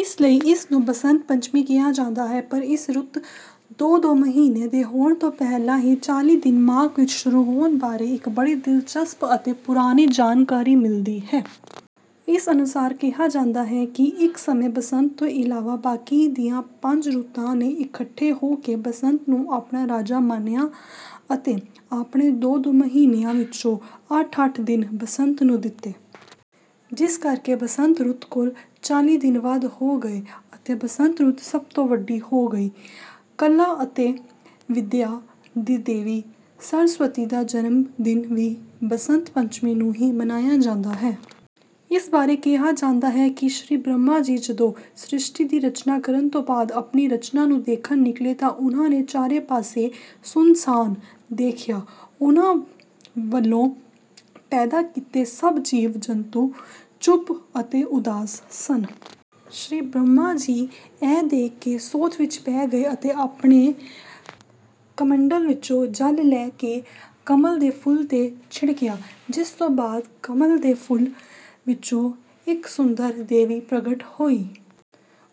ਇਸੇ ਲਈ ਇਸ ਨੂੰ ਬਸੰਤ ਪੰਚਮੀ ਕਿਹਾ ਜਾਂਦਾ ਹੈ। ਪਰ ਇਸ ਰੁੱਤ ਦੋ-ਦੋ ਮਹੀਨੇ ਦੇ ਹੋਣ ਤੋਂ ਪਹਿਲਾਂ ਹੀ ਚਾਲੀ ਦਿਨ ਮਾਘ ਵਿੱਚ ਸ਼ੁਰੂ ਹੋਣ ਬਾਰੇ ਇੱਕ ਬੜੀ ਦਿਲਚਸਪ ਅਤੇ ਪੁਰਾਣੀ ਜਾਣਕਾਰੀ ਮਿਲਦੀ ਹੈ। ਇਸ ਅਨੁਸਾਰ ਕਿਹਾ ਜਾਂਦਾ ਹੈ ਕਿ ਇੱਕ ਸਮੇਂ ਬਸੰਤ ਤੋਂ ਇਲਾਵਾ ਬਾਕੀ ਦੀਆਂ ਪੰਜ ਰੁੱਤਾਂ ਨੇ ਇਕੱਠੇ ਹੋ ਕੇ ਬਸੰਤ ਨੂੰ ਆਪਣਾ ਰਾਜਾ ਮੰਨਿਆ ਅਤੇ ਆਪਣੇ ਦੋ ਦੋ ਮਹੀਨਿਆਂ ਵਿੱਚੋਂ ਅੱਠ-ਅੱਠ ਦਿਨ ਬਸੰਤ ਨੂੰ ਦਿੱਤੇ। ਜਿਸ ਕਰਕੇ ਬਸੰਤ ਰੁੱਤ ਕੋਲ ਚਾਲੀ ਦਿਨ ਵੱਧ ਹੋ ਗਏ ਅਤੇ ਬਸੰਤ ਰੁੱਤ ਸਭ ਤੋਂ ਵੱਡੀ ਹੋ ਗਈ। ਕਲਾ ਅਤੇ ਵਿਦਿਆ ਦੀ ਦੇਵੀ ਸਰਸਵਤੀ ਦਾ ਜਨਮ ਦਿਨ ਵੀ ਬਸੰਤ ਪੰਚਮੀ ਨੂੰ ਹੀ ਮਨਾਇਆ ਜਾਂਦਾ ਹੈ। ਇਸ ਬਾਰੇ ਕਿਹਾ ਜਾਂਦਾ ਹੈ ਕਿ ਸ੍ਰੀ ਬ੍ਰਹਮਾ ਜੀ ਜਦੋਂ ਸ਼੍ਰਿਸ਼ਟੀ ਦੀ ਰਚਨਾ ਕਰਨ ਤੋਂ ਬਾਅਦ ਆਪਣੀ ਰਚਨਾ ਨੂੰ ਦੇਖਣ ਨਿਕਲੇ ਤਾਂ ਉਨ੍ਹਾਂ ਨੇ ਚਾਰੇ ਪਾਸੇ ਸੁੰਨਸਾਨ ਦੇਖਿਆ। ਉਨ੍ਹਾਂ ਵੱਲੋਂ ਪੈਦਾ ਕੀਤੇ ਸਭ ਜੀਵ ਜੰਤੂ ਚੁੱਪ ਅਤੇ ਉਦਾਸ ਸਨ। ਸ੍ਰੀ ਬ੍ਰਹਮਾ ਜੀ ਇਹ ਦੇਖ ਕੇ ਸੋਚ ਵਿੱਚ ਪੈ ਗਏ ਅਤੇ ਆਪਣੇ ਕਮੰਡਲ ਵਿੱਚੋਂ ਜਲ ਲੈ ਕੇ ਕਮਲ ਦੇ ਫੁੱਲ ਤੇ ਛਿੜਕਿਆ। ਜਿਸ ਤੋਂ ਬਾਅਦ ਕਮਲ ਦੇ ਫੁੱਲ ਵਿੱਚੋਂ ਇੱਕ ਸੁੰਦਰ ਦੇਵੀ ਪ੍ਰਗਟ ਹੋਈ।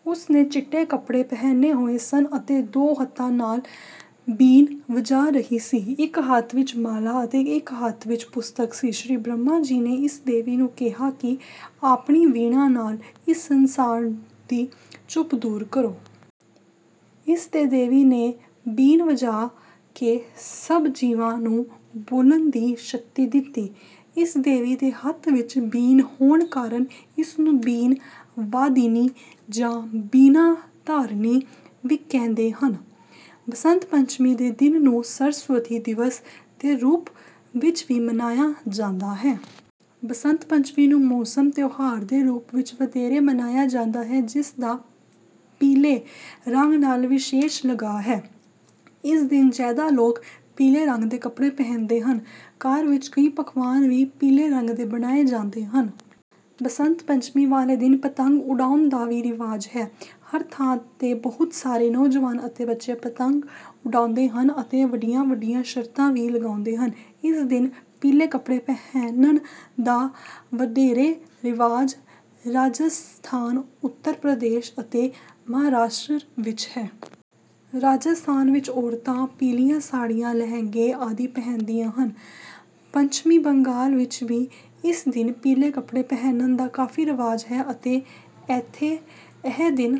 ਉਸ ਨੇ ਚਿੱਟੇ ਕੱਪੜੇ ਪਹਿਨੇ ਹੋਏ ਸਨ ਅਤੇ ਦੋ ਹੱਥਾਂ ਨਾਲ ਬੀਨ ਵਜਾ ਰਹੀ ਸੀ ਇੱਕ ਹੱਥ ਵਿੱਚ ਮਾਲਾ ਅਤੇ ਇੱਕ ਹੱਥ ਵਿੱਚ ਪੁਸਤਕ ਸੀ। ਸ੍ਰੀ ਬ੍ਰਹਮਾ ਜੀ ਨੇ ਇਸ ਦੇਵੀ ਨੂੰ ਕਿਹਾ ਕਿ ਆਪਣੀ ਵੀਣਾ ਨਾਲ ਇਸ ਸੰਸਾਰ ਦੀ ਚੁੱਪ ਦੂਰ ਕਰੋ। ਇਸ ਤੇ ਦੇਵੀ ਨੇ ਬੀਨ ਵਜਾ ਕੇ ਸਭ ਜੀਵਾਂ ਨੂੰ ਬੋਲਣ ਦੀ ਸ਼ਕਤੀ ਦਿੱਤੀ। ਇਸ ਦੇਵੀ ਦੇ ਹੱਥ ਵਿੱਚ ਬੀਨ ਹੋਣ ਕਾਰਨ ਇਸ ਨੂੰ ਬੀਨ ਵਾਦਿਨੀ ਜਾਂ ਬੀਣਾ ਧਾਰਨੀ ਵੀ ਕਹਿੰਦੇ ਹਨ। ਬਸੰਤ ਪੰਚਮੀ ਦੇ ਦਿਨ ਨੂੰ ਸਰਸਵਤੀ ਦਿਵਸ ਦੇ ਰੂਪ ਵਿੱਚ ਵੀ ਮਨਾਇਆ ਜਾਂਦਾ ਹੈ। ਬਸੰਤ ਪੰਚਮੀ ਨੂੰ ਮੌਸਮ ਤਿਉਹਾਰ ਦੇ ਰੂਪ ਵਿੱਚ ਵਧੇਰੇ ਮਨਾਇਆ ਜਾਂਦਾ ਹੈ ਜਿਸ ਦਾ ਪੀਲੇ ਰੰਗ ਨਾਲ ਵਿਸ਼ੇਸ਼ ਲਗਾਅ ਹੈ। ਇਸ ਦਿਨ ਜ਼ਿਆਦਾ ਲੋਕ ਪੀਲੇ ਰੰਗ ਦੇ ਕੱਪੜੇ ਪਹਿਨਦੇ ਹਨ। ਘਰ ਵਿੱਚ ਕਈ ਪਕਵਾਨ ਵੀ ਪੀਲੇ ਰੰਗ ਦੇ ਬਣਾਏ ਜਾਂਦੇ ਹਨ। ਬਸੰਤ ਪੰਚਮੀ ਵਾਲੇ ਦਿਨ ਪਤੰਗ ਉਡਾਉਣ ਦਾ ਵੀ ਰਿਵਾਜ ਹੈ। ਹਰ ਥਾਂ ਤੇ ਬਹੁਤ ਸਾਰੇ ਨੌਜਵਾਨ ਅਤੇ ਬੱਚੇ ਪਤੰਗ ਉਡਾਉਂਦੇ ਹਨ ਅਤੇ ਵੱਡੀਆਂ ਵੱਡੀਆਂ ਸ਼ਰਤਾਂ ਵੀ ਲਗਾਉਂਦੇ ਹਨ। ਇਸ ਦਿਨ ਪੀਲੇ ਕੱਪੜੇ ਪਹਿਨਣ ਦਾ ਵਧੇਰੇ ਰਿਵਾਜ ਰਾਜਸਥਾਨ ਉੱਤਰ ਪ੍ਰਦੇਸ਼ ਅਤੇ ਮਹਾਰਾਸ਼ਟਰ ਵਿੱਚ ਹੈ। ਰਾਜਸਥਾਨ ਵਿੱਚ ਔਰਤਾਂ ਪੀਲੀਆਂ ਸਾੜ੍ਹੀਆਂ ਲਹਿੰਗੇ ਆਦਿ ਪਹਿਨਦੀਆਂ ਹਨ। ਪੱਛਮੀ ਬੰਗਾਲ ਵਿੱਚ ਵੀ ਇਸ ਦਿਨ ਪੀਲੇ ਕੱਪੜੇ ਪਹਿਨਣ ਦਾ ਕਾਫੀ ਰਿਵਾਜ ਹੈ ਅਤੇ ਇੱਥੇ ਇਹ ਦਿਨ